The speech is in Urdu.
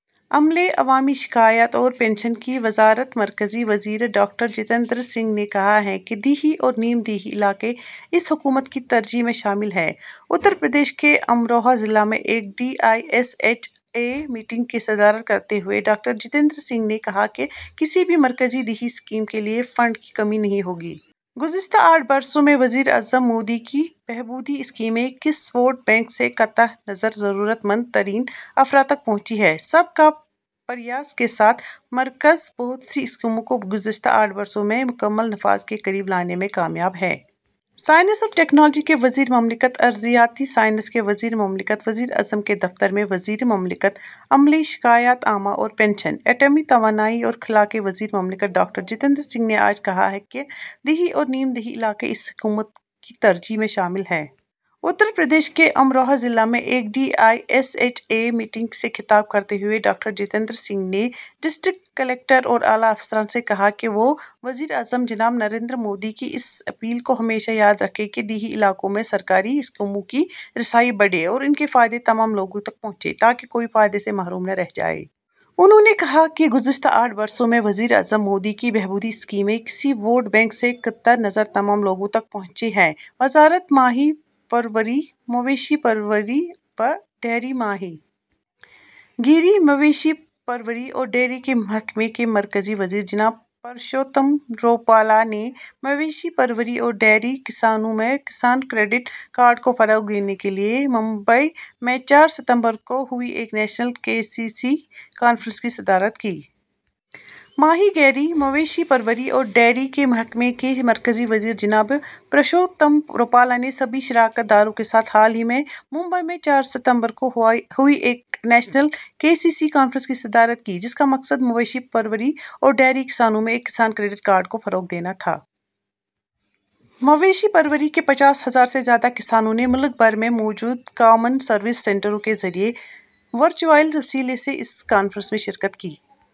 عملے، عوامی شکایات اور پنشن کی وزارت مرکزی وزیر ڈاکٹر جتیندر سنگھ نے کہا ہے کہ دیہی اور نیم دیہی علاقے اس حکومت کی ترجیح میں شامل ہیں۔ اتر پردیش کے امروہہ ضلع میں ایک D I S H A meeting کی صدارت کرتے ہوئے ڈاکٹر جتیندر سنگھ نے کہا کہ کسی بھی مرکزی دیہی اسکیم کے لیے فنڈ کی کمی نہیں ہوگی۔ گزشتہ آٹھ برسوں میں وزیر اعظم مودی کی بہبودی اسکیمیں کسی ووٹ بینک سے قطع نظر ضرورت مند ترین افراد تک پہنچی ہیں۔ "سب کا پریاس" کے ساتھ مرکز بہت سی اسکیموں کو گزشتہ آٹھ برسوں میں مکمل نفاذ کے قریب لانے میں کامیاب ہے۔ سائنس اور ٹیکنالوجی کے وزیر مملکت، ارضیاتی سائنس کے وزیر مملکت، وزیر اعظم کے دفتر میں وزیر مملکت، عملے، شکایات عامہ اور پنشن، ایٹمی توانائی اور خلاء کے وزیر مملکت ڈاکٹر جتیندر سنگھ نے آج کہا کہ دیہی اور نیم دیہی علاقے اس حکومت کی ترجیح میں شامل ہیں۔ اتر پردیش کے امروہہ ضلع میں ایک D I S H A meeting سے خطاب کرتے ہوئے ڈاکٹر جتیندر سنگھ نے ڈسٹرکٹ کلکٹر اور اعلیٰ افسران سے کہا کہ وہ وزیر اعظم جناب نریندر مودی کی اس اپیل کو ہمیشہ یاد رکھیں کہ دیہی علاقوں میں سرکاری اسکیموں کی رسائی بڑھے اور ان کے فائدے تمام لوگوں تک پہنچیں، تاکہ کوئی فائدے سے محروم نہ رہ جائے۔ انھوں نے کہا کہ گزشتہ آٹھ برسوں میں وزیر اعظم مودی کی بہبودی اسکیمیں کسی ووٹ بینک سے قطع نظر تمام لوگوں تک پہنچی ہیں۔ وزارت ماہی پروری، مویشی پروری و ڈیری ماہی گیری، مویشی پروری اور ڈیری کے محکمے کے مرکزی وزیر جناب پرشوتم روپالا نے مویشی پروری اور ڈیری کسانوں میں کسان کریڈٹ کارڈ کو فروغ دینے کے لیے ممبئی میں چار ستمبر کو ہوئی ایک national K C C conference کی صدارت کی۔ ماہی گیری، مویشی پروری اور ڈیری کے محکمے کے مرکزی وزیر جناب پرشوتم روپالا نے سبھی شراکت داروں کے ساتھ حال ہی میں ممبئی میں چار ستمبر کو ہوئی ایک national K C C conference کی صدارت کی، جس کا مقصد مویشی پروری اور ڈیری کسانوں میں کسان کریڈٹ کارڈ کو فروغ دینا تھا۔ مویشی پروری کے پچاس ہزار سے زیادہ کسانوں نے ملک بھر میں موجود کامن سروس سینٹروں کے ذریعے ورچوئل وسیلے سے اس کانفرنس میں شرکت کی۔